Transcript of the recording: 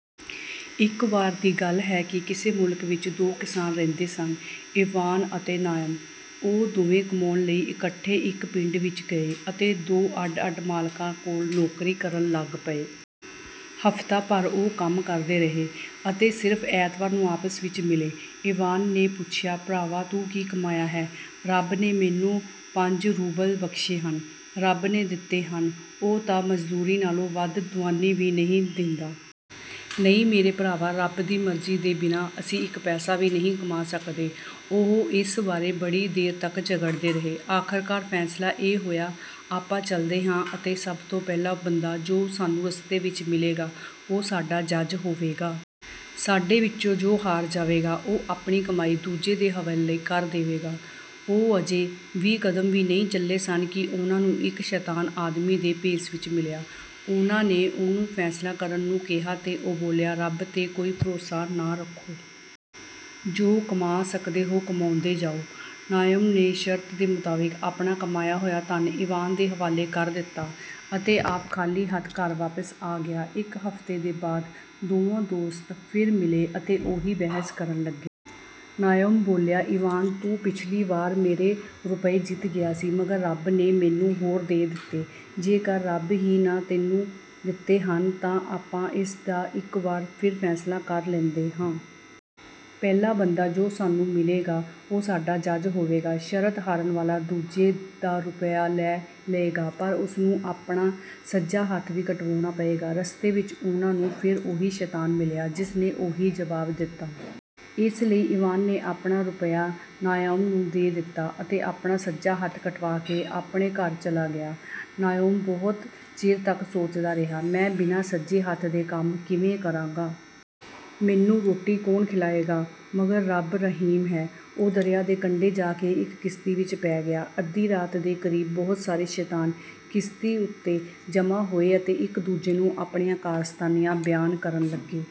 ਇੱਕ ਵਾਰ ਦੀ ਗੱਲ ਹੈ ਕਿ ਕਿਸੇ ਮੁਲਕ ਵਿੱਚ ਦੋ ਕਿਸਾਨ ਰਹਿੰਦੇ ਸਨ, ਇਵਾਨ ਅਤੇ ਨਾਓਮ। ਉਹ ਦੋਵੇਂ ਕਮਾਉਣ ਲਈ ਇਕੱਠੇ ਇੱਕ ਪਿੰਡ ਵਿੱਚ ਗਏ ਅਤੇ ਦੋ ਅੱਡ-ਅੱਡ ਮਾਲਕਾਂ ਕੋਲ ਨੌਕਰੀ ਕਰਨ ਲੱਗ ਪਏ। ਹਫ਼ਤਾ ਭਰ ਉਹ ਕੰਮ ਕਰਦੇ ਰਹੇ ਅਤੇ ਸਿਰਫ਼ ਐਤਵਾਰ ਨੂੰ ਆਪਸ ਵਿੱਚ ਮਿਲੇ। ਇਵਾਨ ਨੇ ਪੁੱਛਿਆ, “ਭਰਾਵਾ, ਤੂੰ ਕੀ ਕਮਾਇਆ ਹੈ?” “ਰੱਬ ਨੇ ਮੈਨੂੰ ਪੰਜ ਰੂਬਲ ਬਖ਼ਸ਼ੇ ਹਨ।” “ਰੱਬ ਨੇ ਦਿੱਤੇ ਹਨ? ਉਹ ਤਾਂ ਮਜ਼ਦੂਰੀ ਨਾਲੋਂ ਵੱਧ ਦੁਆਨੀ ਵੀ ਨਹੀਂ ਦਿੰਦਾ।” “ਨਹੀਂ, ਮੇਰੇ ਭਰਾਵਾ, ਰੱਬ ਦੀ ਮਰਜ਼ੀ ਦੇ ਬਿਨਾਂ ਅਸੀਂ ਇੱਕ ਪੈਸਾ ਵੀ ਨਹੀਂ ਕਮਾ ਸਕਦੇ।” ਉਹ ਇਸ ਬਾਰੇ ਬੜੀ ਦੇਰ ਤੱਕ ਝਗੜਦੇ ਰਹੇ। ਆਖ਼ਰਕਾਰ ਫ਼ੈਸਲਾ ਇਹ ਹੋਇਆ, “ਆਪਾਂ ਚੱਲਦੇ ਹਾਂ ਅਤੇ ਸਭ ਤੋਂ ਪਹਿਲਾ ਬੰਦਾ, ਜੋ ਸਾਨੂੰ ਰਸਤੇ ਵਿੱਚ ਮਿਲੇਗਾ, ਉਹ ਸਾਡਾ ਜੱਜ ਹੋਵੇਗਾ। ਸਾਡੇ ਵਿੱਚੋਂ ਜੋ ਹਾਰ ਜਾਵੇਗਾ, ਉਹ ਆਪਣੀ ਕਮਾਈ ਦੂਜੇ ਦੇ ਹਵਾਲੇ ਕਰ ਦੇਵੇਗਾ।” ਉਹ ਅਜੇ ਵੀਹ ਕਦਮ ਵੀ ਨਹੀਂ ਚੱਲੇ ਸਨ ਕਿ ਉਹਨਾਂ ਨੂੰ ਇੱਕ ਸ਼ੈਤਾਨ ਆਦਮੀ ਦੇ ਭੇਸ ਵਿੱਚ ਮਿਲਿਆ। ਉਹਨਾਂ ਨੇ ਉਹਨੂੰ ਫ਼ੈਸਲਾ ਕਰਨ ਨੂੰ ਕਿਹਾ ਤਾਂ ਉਹ ਬੋਲਿਆ, “ਰੱਬ 'ਤੇ ਕੋਈ ਭਰੋਸਾ ਨਾ ਰੱਖੋ। ਜੋ ਕਮਾ ਸਕਦੇ ਹੋ, ਕਮਾਉਂਦੇ ਜਾਓ।” ਨਾਓਮ ਨੇ ਸ਼ਰਤ ਦੇ ਮੁਤਾਬਕ ਆਪਣਾ ਕਮਾਇਆ ਹੋਇਆ ਧਨ ਇਵਾਨ ਦੇ ਹਵਾਲੇ ਕਰ ਦਿੱਤਾ ਅਤੇ ਆਪ ਖ਼ਾਲੀ ਹੱਥ ਘਰ ਵਾਪਸ ਆ ਗਿਆ। ਇੱਕ ਹਫ਼ਤੇ ਦੇ ਬਾਅਦ ਦੋਵੇਂ ਦੋਸਤ ਫਿਰ ਮਿਲੇ ਅਤੇ ਉਹੀ ਬਹਿਸ ਕਰਨ ਲੱਗੇ। ਨਾਓਮ ਬੋਲਿਆ, “ਇਵਾਨ, ਤੂੰ ਪਿੱਛਲੀ ਵਾਰ ਮੇਰਾ ਰੁਪਿਆ ਜਿੱਤ ਗਿਆ ਸੀ, ਮਗਰ ਰੱਬ ਨੇ ਮੈਨੂੰ ਹੋਰ ਦੇ ਦਿੱਤੇ।” “ਜੇਕਰ ਰੱਬ ਹੀ ਨੇ ਤੈਨੂੰ ਦਿੱਤੇ ਹਨ, ਤਾਂ ਆਪਾਂ ਉਸ ਦਾ ਇੱਕ ਵਾਰ ਫਿਰ ਫ਼ੈਸਲਾ ਕਰ ਲੈਂਦੇ ਹਾਂ। ਪਹਿਲਾ ਬੰਦਾ ਜੋ ਸਾਨੂੰ ਮਿਲੇਗਾ, ਉਹ ਸਾਡਾ ਜੱਜ ਹੋਵੇਗਾ। ਸ਼ਰਤ ਹਾਰਨ ਵਾਲਾ ਦੂਜੇ ਦਾ ਰੁਪਿਆ ਲੈ ਲਏਗਾ, ਪਰ ਉਸਨੂੰ ਆਪਣਾ ਸੱਜਾ ਹੱਥ ਵੀ ਕਟਵਾਉਣਾ ਪਵੇਗਾ।” ਰਸਤੇ ਵਿੱਚ ਉਹਨਾਂ ਨੂੰ ਫਿਰ ਉਹੀ ਸ਼ੈਤਾਨ ਮਿਲਿਆ, ਜਿਸਨੇ ਉਹੀ ਜਵਾਬ ਦਿੱਤਾ। ਇਸ ਲਈ ਇਵਾਨ ਨੇ ਆਪਣਾ ਰੁਪਿਆ ਨਾਓਮ ਨੂੰ ਦੇ ਦਿੱਤਾ ਅਤੇ ਆਪਣਾ ਸੱਜਾ ਹੱਥ ਕਟਵਾ ਕੇ ਆਪਣੇ ਘਰ ਚਲਾ ਗਿਆ। ਨਾਓਮ ਬਹੁਤ ਚਿਰ ਤੱਕ ਸੋਚਦਾ ਰਿਹਾ, “ਮੈਂ ਬਿਨਾਂ ਸੱਜੇ ਹੱਥ ਦੇ ਕਿਵੇਂ ਕੰਮ ਕਰਾਂਗਾ? ਮੈਨੂੰ ਰੋਟੀ ਕੌਣ ਖਿਲਾਏਗਾ? ਮਗਰ ਰੱਬ ਰਹੀਮ ਹੈ।” ਉਹ ਦਰਿਆ ਦੇ ਕੰਢੇ ਜਾ ਕੇ ਇੱਕ ਕਿਸ਼ਤੀ ਵਿੱਚ ਪੈ ਗਿਆ। ਅੱਧੀ ਰਾਤ ਦੇ ਕ਼ਰੀਬ ਬਹੁਤ ਸਾਰੇ ਸ਼ੈਤਾਨ ਕਿਸ਼ਤੀ ਉੱਤੇ ਜਮ੍ਹਾਂ ਹੋਏ ਅਤੇ ਇੱਕ-ਦੂਜੇ ਨੂੰ ਆਪਣੀਆਂ ਕਾਰਸਤਾਨੀਆਂ ਬਿਆਨ ਕਰਨ ਲੱਗੇ।